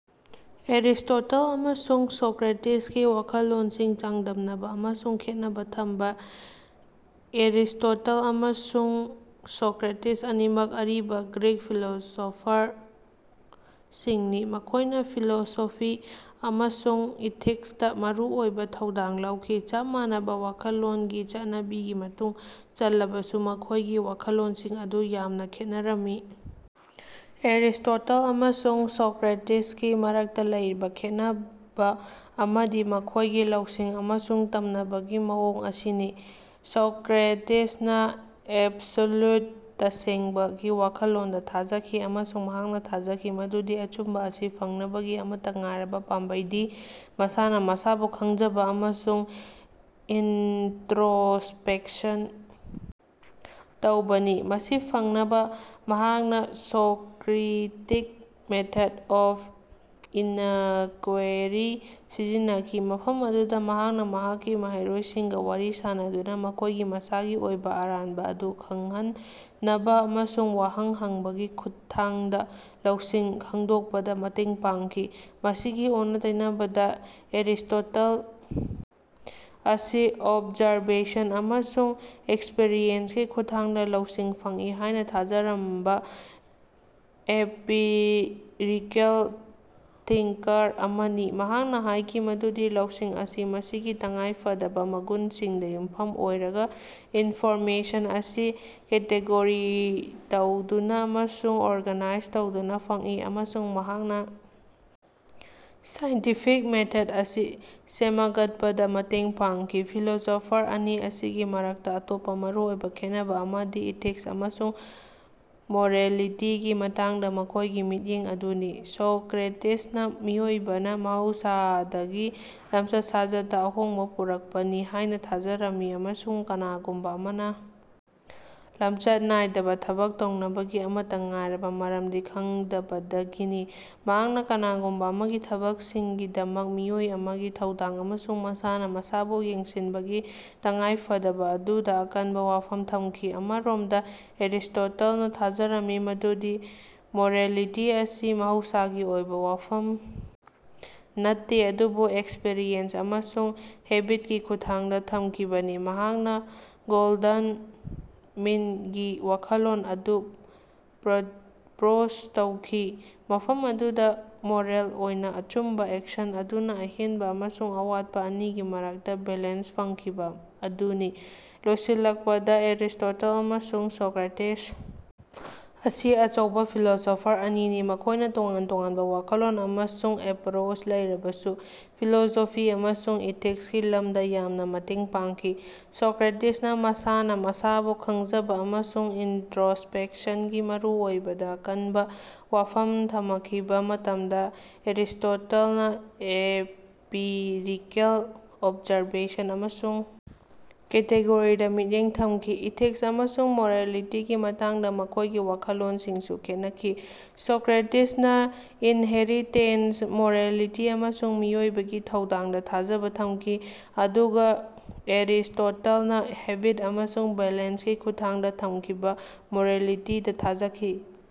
Aristotle ꯑꯃꯁꯨꯡ ꯁꯣꯀ꯭ꯔꯦꯇꯤꯁꯀꯤ ꯋꯥꯈꯜꯂꯣꯟꯁꯤꯡ ꯆꯥꯡꯗꯝꯅꯕ ꯑꯃꯁꯨꯡ ꯈꯦꯠꯅꯕ ꯊꯝꯕ- ꯑꯦꯔꯤꯁ꯭ꯇꯣꯇꯜ ꯑꯃꯁꯨꯡ ꯁꯣꯀ꯭ꯔꯦꯇꯤꯁ ꯑꯅꯤꯃꯛ ꯑꯔꯤꯕ ꯒ꯭ꯔꯤꯛ ꯐꯤꯂꯣꯁꯣꯐꯔꯁꯤꯡꯅꯤ꯫ ꯃꯈꯣꯏꯅ ꯐꯤꯂꯣꯁꯣꯐꯤ ꯑꯃꯁꯨꯡ ꯏꯊꯤꯛꯁꯇ ꯃꯔꯨꯑꯣꯏꯕ ꯊꯧꯗꯥꯡ ꯂꯧꯈꯤ꯫ ꯆꯞ ꯃꯥꯟꯅꯕ ꯋꯥꯈꯜꯂꯣꯟꯒꯤ ꯆꯠꯅꯕꯤꯒꯤ ꯃꯅꯨꯡ ꯆꯜꯂꯕꯁꯨ ꯃꯈꯣꯏꯒꯤ ꯋꯥꯈꯜꯂꯣꯟꯁꯤꯡ ꯑꯗꯨ ꯌꯥꯝꯅ ꯈꯦꯠꯅꯔꯝꯃꯤ꯫ ꯑꯦꯔꯤꯁ꯭ꯇꯣꯇꯜ ꯑꯃꯁꯨꯡ ꯁꯣꯀ꯭ꯔꯦꯇꯤꯁꯀꯤ ꯃꯔꯛꯇ ꯂꯩꯔꯤꯕ ꯈꯦꯟꯅꯕ ꯑꯃꯗꯤ ꯃꯈꯣꯏꯒꯤ ꯂꯧꯁꯤꯡ ꯑꯃꯁꯨꯡ ꯇꯝꯅꯕꯒꯤ ꯃꯑꯣꯡ ꯑꯁꯤꯅꯤ꯫ ꯁꯣꯀ꯭ꯔꯦꯇꯤꯁꯅ ꯑꯦꯕꯁꯣꯂ꯭ꯌꯨꯠ (ꯇꯁꯦꯡꯕ)ꯒꯤ ꯋꯥꯈꯜꯂꯣꯟꯗ ꯊꯥꯖꯈꯤ ꯑꯃꯁꯨꯡ ꯃꯍꯥꯛꯅ ꯊꯥꯖꯈꯤ ꯃꯗꯨꯗꯤ ꯑꯆꯨꯝꯕ ꯑꯁꯤ ꯐꯪꯅꯕꯒꯤ ꯑꯃꯠꯇ ꯉꯥꯏꯔꯕ ꯄꯥꯝꯕꯩꯗꯤ ꯃꯁꯥꯅ ꯃꯁꯥꯕꯨ ꯈꯪꯖꯕ ꯑꯃꯁꯨꯡ ꯏꯟꯇ꯭ꯔꯣꯁꯄꯦꯛꯁꯟ ꯇꯧꯕꯅꯤ꯫ ꯃꯁꯤ ꯐꯪꯅꯕ ꯃꯍꯥꯛꯅ ꯁꯣꯀ꯭ꯔꯤꯇꯤꯛ ꯃꯦꯊꯗ ꯑꯣꯐ ꯏꯅꯀ꯭ꯋꯦꯔꯤ ꯁꯤꯖꯤꯟꯅꯈꯤ꯫ ꯃꯐꯝ ꯑꯗꯨꯗ ꯃꯍꯥꯛꯅ ꯃꯍꯥꯛꯀꯤ ꯃꯍꯩꯔꯣꯏꯁꯤꯡꯒ ꯋꯥꯔꯤ ꯁꯥꯅꯗꯨꯅ ꯃꯈꯣꯏꯒꯤ ꯃꯁꯥꯒꯤ ꯑꯣꯏꯕ ꯑꯔꯥꯟꯕ ꯑꯗꯨ ꯈꯪꯍꯟꯅꯕ ꯑꯃꯁꯨꯡ ꯋꯥꯍꯪ ꯍꯪꯕꯒꯤ ꯈꯨꯠꯊꯥꯡꯗ ꯂꯧꯁꯤꯡ ꯈꯪꯗꯣꯛꯄꯗ ꯃꯇꯦꯡ ꯄꯥꯡꯈꯤ꯫ ꯃꯁꯤꯒꯤ ꯑꯣꯟꯅ-ꯇꯩꯅꯕꯗ, ꯑꯦꯔꯤꯁ꯭ꯇꯣꯇꯜ ꯑꯁꯤ ꯑꯣꯕꯖꯔꯕꯦꯁꯟ ꯑꯃꯁꯨꯡ ꯑꯦꯛꯁ꯭ꯄꯔꯤꯑꯦꯟꯁꯀꯤ ꯈꯨꯠꯊꯥꯡꯗ ꯂꯧꯁꯤꯡ ꯐꯪꯏ ꯍꯥꯏꯅ ꯊꯥꯖꯔꯝꯕ ꯑꯦꯝꯄꯤꯔꯤꯀꯦꯜ ꯊꯤꯡꯀꯔ ꯑꯃꯅꯤ꯫ ꯃꯍꯥꯛꯅ ꯍꯥꯏꯈꯤ ꯃꯗꯨꯗꯤ ꯂꯧꯁꯤꯡ ꯑꯁꯤ ꯃꯁꯤꯒꯤ ꯇꯉꯥꯏ ꯐꯗꯕ ꯃꯒꯨꯟꯁꯤꯡꯗ ꯌꯨꯝꯐꯝ ꯑꯣꯏꯔꯒ ꯏꯟꯐꯣꯔꯃꯦꯁꯟ ꯑꯁꯤ ꯀꯦꯇꯦꯒꯣꯔꯤ ꯇꯧꯗꯨꯅ ꯑꯃꯁꯨꯡ ꯑꯣꯔꯒꯅꯥꯏꯖ ꯇꯧꯗꯨꯅ ꯐꯪꯏ ꯑꯃꯁꯨꯡ ꯃꯍꯥꯛꯅ ꯁꯥꯏꯟꯇꯤꯐꯤꯛ ꯃꯦꯊꯗ ꯑꯁꯤ ꯁꯦꯃꯒꯠꯄꯗ ꯃꯇꯦꯡ ꯄꯥꯡꯈꯤ꯫ ꯐꯤꯂꯣꯁꯣꯐꯔ ꯑꯅꯤ ꯑꯁꯤꯒꯤ ꯃꯔꯛꯇ ꯑꯇꯣꯞꯄ ꯃꯔꯨꯑꯣꯏꯕ ꯈꯦꯠꯅꯕ ꯑꯃꯗꯤ ꯏꯊꯤꯛꯁ ꯑꯃꯁꯨꯡ ꯃꯣꯔꯦꯜꯂꯤꯇꯤꯒꯤ ꯃꯇꯥꯡꯗ ꯃꯈꯣꯏꯒꯤ ꯃꯤꯠꯌꯦꯡ ꯑꯗꯨꯅꯤ꯫ ꯁꯣꯀ꯭ꯔꯦꯇꯤꯁꯅ ꯃꯤꯑꯣꯏꯕꯅ ꯃꯍꯧꯁꯥꯗꯒꯤ ꯂꯝꯆꯠ ꯁꯥꯖꯠꯇ ꯑꯍꯣꯡꯕ ꯄꯨꯔꯛꯄꯅꯤ ꯍꯥꯏꯅ ꯊꯥꯖꯔꯝꯃꯤ ꯑꯃꯁꯨꯡ ꯀꯅꯥꯒꯨꯝꯕ ꯑꯃꯅ ꯂꯝꯆꯠ ꯅꯥꯏꯗꯕ ꯊꯕꯛ ꯇꯧꯅꯕꯒꯤ ꯑꯃꯠꯇ ꯉꯥꯏꯔꯕ ꯃꯔꯝꯗꯤ ꯈꯪꯗꯕꯗꯒꯤꯅꯤ꯫ ꯃꯍꯥꯛꯅ ꯀꯅꯥꯒꯨꯝꯕ ꯑꯃꯒꯤ ꯊꯕꯛꯁꯤꯡꯒꯤꯗꯃꯛ ꯃꯤꯑꯣꯏ ꯑꯃꯒꯤ ꯊꯧꯗꯥꯡ ꯑꯃꯁꯨꯡ ꯃꯁꯥꯅ ꯃꯁꯥꯕꯨ ꯌꯦꯡꯁꯤꯟꯕꯒꯤ ꯇꯉꯥꯏꯐꯗꯕ ꯑꯗꯨꯗ ꯑꯀꯟꯕ ꯋꯥꯐꯝ ꯊꯝꯈꯤ꯫ ꯑꯃꯔꯣꯝꯗ, ꯑꯦꯔꯤꯁ꯭ꯇꯣꯇꯜꯅ ꯊꯥꯖꯔꯝꯃꯤ ꯃꯗꯨꯗꯤ ꯃꯣꯔꯦꯜꯂꯤꯇꯤ ꯑꯁꯤ ꯃꯍꯧꯁꯥꯒꯤ ꯑꯣꯏꯕ ꯋꯥꯐꯝ ꯅꯠꯇꯦ ꯑꯗꯨꯕꯨ ꯑꯦꯛꯁ꯭ꯄꯔꯤꯌꯦꯟꯁ ꯑꯃꯁꯨꯡ ꯍꯦꯕꯤꯠꯀꯤ ꯈꯨꯠꯊꯥꯡꯗ ꯇꯝꯈꯤꯕꯅꯤ꯫ ꯃꯍꯥꯛꯅ ꯒꯣꯜꯗꯟ ꯃꯤꯟꯒꯤ ꯋꯥꯈꯜꯂꯣꯟ ꯑꯗꯨ ꯄ꯭ꯔꯄꯣꯖ ꯇꯧꯈꯤ꯫ ꯃꯐꯝ ꯑꯗꯨꯗ ꯃꯣꯔꯦꯜ ꯑꯣꯏꯅ ꯑꯆꯨꯝꯕ ꯑꯦꯛꯁꯟ ꯑꯗꯨꯅ ꯑꯍꯦꯟꯕ ꯑꯃꯁꯨꯡ ꯑꯋꯥꯠꯄ ꯑꯅꯤꯒꯤ ꯃꯔꯛꯇ ꯕꯦꯂꯦꯟꯁ ꯐꯪꯈꯤꯕ ꯑꯗꯨꯅꯤ꯫ ꯂꯣꯏꯁꯤꯜꯂꯛꯄꯗ, ꯑꯦꯔꯤꯁ꯭ꯇꯣꯇꯜ ꯑꯃꯁꯨꯡ ꯁꯣꯀ꯭ꯔꯦꯇꯤꯁ ꯑꯁꯤ ꯑꯆꯧꯕ ꯐꯤꯂꯣꯁꯣꯐꯔ ꯑꯅꯤꯅꯤ꯫ ꯃꯈꯣꯏꯅ ꯇꯣꯉꯥꯟ -ꯇꯣꯉꯥꯟꯕ ꯋꯥꯈꯜꯂꯣꯟ ꯑꯃꯁꯨꯡ ꯑꯦꯄ꯭ꯔꯣꯆ ꯂꯩꯔꯕꯁꯨ ꯐꯤꯂꯣꯁꯣꯐꯤ ꯑꯃꯁꯨꯡ ꯏꯊꯤꯛꯁꯀꯤ ꯂꯝꯗ ꯌꯥꯝꯅ ꯃꯇꯦꯡ ꯄꯥꯡꯈꯤ꯫ ꯁꯣꯀ꯭ꯔꯦꯇꯤꯁꯅ ꯃꯁꯥꯅ ꯃꯁꯥꯕꯨ ꯈꯪꯖꯕ ꯑꯃꯁꯨꯡ ꯏꯟꯇ꯭ꯔꯣꯁꯄꯦꯛꯁꯟꯒꯤ ꯃꯔꯨꯑꯣꯏꯕꯗ ꯑꯀꯟꯕ ꯋꯥꯐꯝ ꯊꯃꯈꯤꯕ ꯃꯇꯝꯗ ꯑꯦꯔꯤꯁ꯭ꯇꯣꯇꯜꯅ ꯑꯦꯝꯄꯤꯔꯤꯀꯦꯜ ꯑꯣꯕꯖꯔꯕꯦꯁꯟ ꯑꯃꯁꯨꯡ ꯀꯦꯇꯦꯒꯣꯔꯤꯗ ꯃꯤꯠꯌꯦꯡ ꯊꯝꯈꯤ꯫ ꯏꯊꯤꯛꯁ ꯑꯃꯁꯨꯡ ꯃꯣꯔꯦꯂꯤꯇꯤꯒꯤ ꯃꯇꯥꯡꯗ ꯃꯈꯣꯏꯒꯤ ꯋꯥꯈꯜꯂꯣꯟꯁꯤꯡꯁꯨ ꯈꯦꯠꯅꯈꯤ꯫ ꯁꯣꯀ꯭ꯔꯦꯇꯤꯁꯅ ꯏꯟꯍꯦꯔꯤꯇꯦꯟꯇ ꯃꯣꯔꯦꯜꯂꯤꯇꯤ ꯑꯃꯁꯨꯡ ꯃꯤꯑꯣꯏꯕꯒꯤ ꯊꯧꯗꯥꯡꯗ ꯊꯥꯖꯕ ꯊꯝꯈꯤ ꯑꯗꯨꯒ ꯑꯦꯔꯤꯁ꯭ꯇꯣꯇꯜꯅ ꯍꯦꯕꯤꯠ ꯑꯃꯁꯨꯡ ꯕꯦꯂꯦꯟꯁꯀꯤ ꯈꯨꯠꯊꯥꯡꯗ ꯇꯝꯈꯤꯕ ꯃꯣꯔꯦꯜꯂꯤꯇꯤꯗ ꯊꯥꯖꯈꯤ꯫